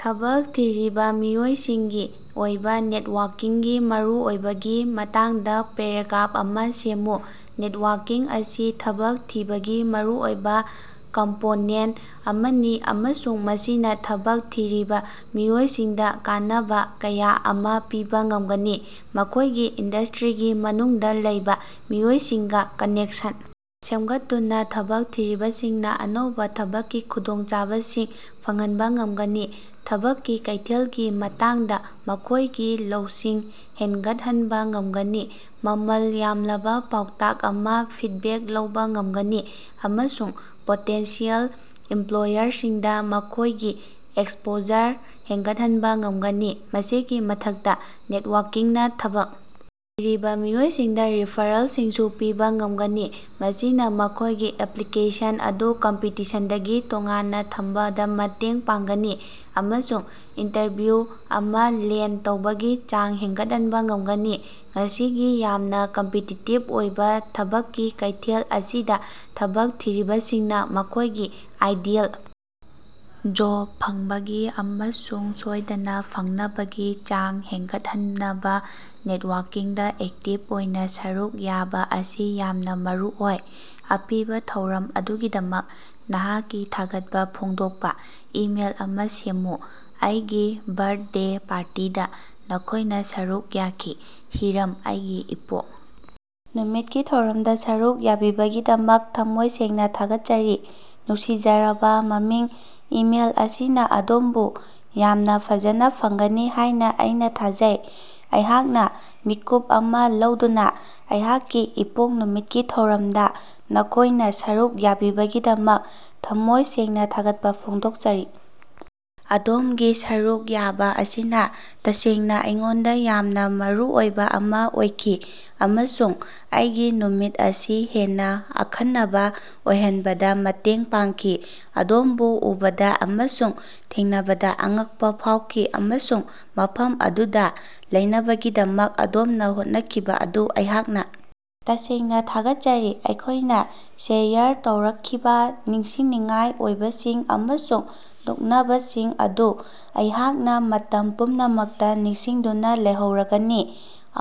ꯊꯕꯛ ꯊꯤꯔꯤꯕ ꯃꯤꯑꯣꯏꯁꯤꯡꯒꯤ ꯑꯣꯏꯕ ꯅꯦꯠꯋꯥꯛꯀꯤꯡꯒꯤ ꯃꯔꯨꯑꯣꯏꯕꯒꯤ ꯃꯇꯥꯡꯗ ꯄꯦꯔꯥꯒ꯭ꯔꯥꯞ ꯑꯃ ꯁꯦꯝꯃꯨ꯫ ꯅꯦꯠꯋꯥꯛꯀꯤꯡ ꯑꯁꯤ ꯊꯕꯛ ꯊꯤꯕꯒꯤ ꯃꯔꯨꯑꯣꯏꯕ ꯀꯝꯄꯣꯅꯦꯟ ꯑꯃꯅꯤ ꯑꯃꯁꯨꯡ ꯃꯁꯤꯅ ꯊꯕꯛ ꯊꯤꯔꯤꯕ ꯃꯤꯑꯣꯏꯁꯤꯡꯗ ꯀꯥꯟꯅꯕ ꯀꯌꯥ ꯑꯃ ꯄꯤꯕ ꯉꯝꯒꯅꯤ꯫ ꯃꯈꯣꯏꯒꯤ ꯏꯟꯗꯁꯇꯔꯤꯒꯤ ꯃꯅꯨꯡꯗ ꯂꯩꯕ ꯃꯤꯑꯣꯏꯁꯤꯡꯒ ꯀꯅꯦꯛꯁꯟ ꯁꯦꯝꯒꯠꯇꯨꯅ ꯊꯕꯛ ꯊꯤꯔꯤꯕꯁꯤꯡꯅ ꯑꯅꯧꯕ ꯊꯕꯛꯀꯤ ꯈꯨꯗꯣꯡꯆꯥꯕꯁꯤꯡ ꯐꯪꯍꯟꯕ ꯉꯝꯒꯅꯤ ꯊꯕꯛꯀꯤ ꯀꯩꯊꯦꯜꯒꯤ ꯃꯇꯥꯡꯗ ꯃꯈꯣꯏꯒꯤ ꯂꯧꯁꯤꯡ ꯍꯦꯟꯒꯠꯍꯟꯕ ꯉꯝꯒꯅꯤ ꯃꯃꯜ ꯌꯥꯝꯂꯕ ꯄꯥꯎꯇꯥꯛ ꯑꯃ ꯐꯤꯠꯕꯦꯛ ꯂꯧꯕ ꯉꯝꯒꯅꯤ ꯑꯃꯁꯨꯡ ꯄꯣꯇꯦꯟꯁꯤꯌꯦꯜ ꯏꯝꯄꯂꯣꯌꯔꯁꯤꯡꯗ ꯃꯈꯣꯏꯒꯤ ꯑꯦꯛꯁꯄꯣꯖꯔ ꯍꯦꯟꯒꯠꯍꯟꯕ ꯉꯝꯒꯅꯤ꯫ ꯃꯁꯤꯒꯤ ꯃꯊꯛꯇ ꯅꯦꯇꯋꯥꯛꯀꯤꯡꯅ ꯊꯕꯛ ꯊꯤꯔꯤꯕ ꯃꯤꯑꯣꯏꯁꯤꯡꯗ ꯔꯤꯐꯔꯦꯜꯁꯤꯡꯁꯨ ꯄꯤꯕ ꯉꯝꯒꯅꯤ ꯃꯁꯤꯅ ꯃꯈꯣꯏꯒꯤ ꯑꯦꯞꯂꯤꯀꯦꯁꯟ ꯑꯗꯨ ꯀꯝꯄꯤꯇꯤꯁꯟꯗꯒꯤ ꯇꯣꯉꯥꯟꯅ ꯊꯝꯕꯗ ꯃꯇꯦꯡ ꯄꯥꯡꯒꯅꯤ ꯑꯃꯁꯨꯡ ꯏꯟꯇꯔꯚꯤꯌꯨ ꯑꯃ ꯂꯦꯟ ꯇꯧꯕꯒꯤ ꯆꯥꯡ ꯍꯦꯟꯒꯠꯍꯟꯕ ꯉꯝꯒꯅꯤ꯫ ꯉꯁꯤꯒꯤ ꯌꯥꯝꯅꯥ ꯀꯝꯄꯤꯇꯤꯇꯤꯞ ꯑꯣꯏꯕ ꯊꯕꯛꯀꯤ ꯀꯩꯊꯦꯜ ꯑꯁꯤꯗ ꯊꯕꯛ ꯊꯤꯔꯤꯕꯁꯤꯡꯅ ꯃꯈꯣꯏꯒꯤ ꯑꯥꯏꯗꯤꯌꯦꯜ ꯖꯣꯕ ꯐꯪꯕꯒꯤ ꯑꯃꯁꯨꯡ ꯁꯣꯏꯗꯅ ꯐꯪꯅꯕꯒꯤ ꯆꯥꯡ ꯍꯦꯟꯒꯠꯍꯟꯅꯕ ꯅꯦꯠꯋꯛꯀꯤꯡꯗ ꯑꯦꯛꯇꯤꯞ ꯑꯣꯏꯅ ꯁꯔꯨꯛ ꯌꯥꯕ ꯑꯁꯤ ꯌꯥꯝꯅ ꯃꯔꯨꯑꯣꯏ꯫ ꯑꯄꯤꯕ ꯊꯧꯔꯝ ꯑꯗꯨꯒꯤꯗꯃꯛ ꯅꯍꯥꯛꯀꯤ ꯊꯥꯒꯠꯄ ꯐꯣꯡꯗꯣꯛꯄ ꯏꯃꯦꯜ ꯑꯃ ꯁꯦꯝꯃꯨ꯫ ꯑꯩꯒꯤ ꯕꯔꯠꯗꯦ ꯄꯥꯔꯇꯤꯗ ꯅꯈꯣꯏꯅ ꯁꯔꯨꯛ ꯌꯥꯈꯤ꯫ ꯍꯤꯔꯝ ꯑꯩꯒꯤ ꯏꯄꯣꯛ ꯅꯨꯃꯤꯠꯀꯤ ꯊꯧꯔꯝꯗ ꯁꯔꯨꯛ ꯌꯥꯕꯤꯕꯒꯤꯗꯃꯛ ꯊꯝꯃꯣꯏ ꯁꯦꯡꯅ ꯊꯥꯒꯠꯆꯔꯤ ꯅꯨꯡꯁꯤꯖꯔꯕ ꯃꯃꯤꯡ ꯏꯃꯦꯜ ꯑꯁꯤꯅ ꯑꯗꯣꯝꯕꯨ ꯌꯥꯝꯅ ꯐꯖꯅ ꯐꯪꯒꯅꯤ ꯍꯥꯏꯅ ꯑꯩꯅ ꯊꯥꯖꯩ꯫ ꯑꯩꯍꯥꯛꯅ ꯃꯤꯀꯨꯞ ꯑꯃ ꯂꯧꯗꯨꯅ ꯑꯩꯍꯥꯛꯀꯤ ꯏꯄꯣꯛ ꯅꯨꯃꯤꯠꯀꯤ ꯊꯧꯔꯝꯗ ꯅꯈꯣꯏꯅ ꯁꯔꯨꯛ ꯌꯥꯕꯤꯕꯒꯤꯗꯃꯛ ꯊꯃꯣꯏ ꯁꯦꯡꯅ ꯊꯥꯒꯠꯄ ꯐꯣꯡꯗꯣꯛꯆꯔꯤ꯫ ꯑꯗꯣꯝꯒꯤ ꯁꯔꯨꯛ ꯌꯥꯕ ꯑꯁꯤꯅ ꯇꯁꯦꯡꯅ ꯑꯩꯉꯣꯟꯗ ꯌꯥꯝꯅ ꯃꯔꯨꯑꯣꯏꯕ ꯑꯃ ꯑꯣꯏꯈꯤ ꯑꯃꯁꯨꯡ ꯑꯩꯒꯤ ꯅꯨꯃꯤꯠ ꯑꯁꯤ ꯍꯦꯟꯅ ꯑꯈꯟꯅꯕ ꯑꯣꯏꯍꯟꯕꯗ ꯃꯇꯦꯡ ꯄꯥꯡꯈꯤ꯫ ꯑꯗꯣꯝꯕꯨ ꯎꯕꯗ ꯑꯃꯁꯨꯡ ꯊꯦꯡꯅꯕꯗ ꯑꯉꯛꯄ ꯐꯥꯎꯈꯤ ꯑꯃꯁꯨꯡ ꯃꯐꯝ ꯑꯗꯨꯗ ꯂꯩꯅꯕꯒꯤꯗꯃꯛ ꯑꯗꯣꯝꯅ ꯍꯣꯠꯅꯈꯤꯕ ꯑꯗꯨ ꯑꯩꯍꯥꯛꯅ ꯇꯁꯦꯡꯅ ꯊꯥꯒꯠꯆꯔꯤ꯫ ꯑꯩꯈꯣꯏꯅ ꯁꯦꯌꯔ ꯇꯧꯔꯛꯈꯤꯕ ꯅꯤꯡꯁꯤꯡꯅꯤꯡꯉꯥꯏ ꯑꯣꯏꯕꯁꯤꯡ ꯑꯃꯁꯨꯡ ꯅꯣꯛꯅꯕꯁꯤꯡ ꯑꯗꯨ ꯑꯩꯍꯥꯛꯅ ꯃꯇꯝ ꯄꯨꯝꯅꯃꯛꯇ ꯅꯤꯡꯁꯤꯡꯗꯨꯅ ꯂꯩꯍꯧꯔꯒꯅꯤ꯫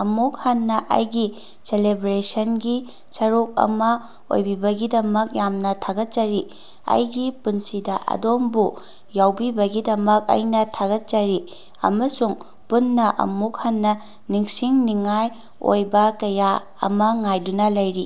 ꯑꯃꯨꯛ ꯍꯟꯅ ꯑꯩꯒꯤ ꯁꯦꯂꯦꯕꯔꯦꯁꯟꯒꯤ ꯁꯔꯨꯛ ꯑꯃ ꯑꯣꯏꯕꯤꯕꯒꯤꯗꯃꯛ ꯌꯥꯝꯅ ꯊꯥꯒꯠꯆꯔꯤ꯫ ꯑꯩꯒꯤ ꯄꯨꯟꯁꯤꯗ ꯑꯗꯣꯝꯕꯨ ꯌꯥꯎꯕꯤꯕꯒꯤꯗꯃꯛ ꯑꯩꯅ ꯊꯥꯒꯠꯆꯔꯤ ꯑꯃꯁꯨꯡ ꯄꯨꯟꯅ ꯑꯃꯨꯛ ꯍꯟꯅ ꯅꯤꯡꯁꯤꯡꯅꯤꯡꯉꯥꯏ ꯑꯣꯏꯕ ꯀꯌꯥ ꯑꯃ ꯉꯥꯏꯗꯨꯅ ꯂꯩꯔꯤ꯫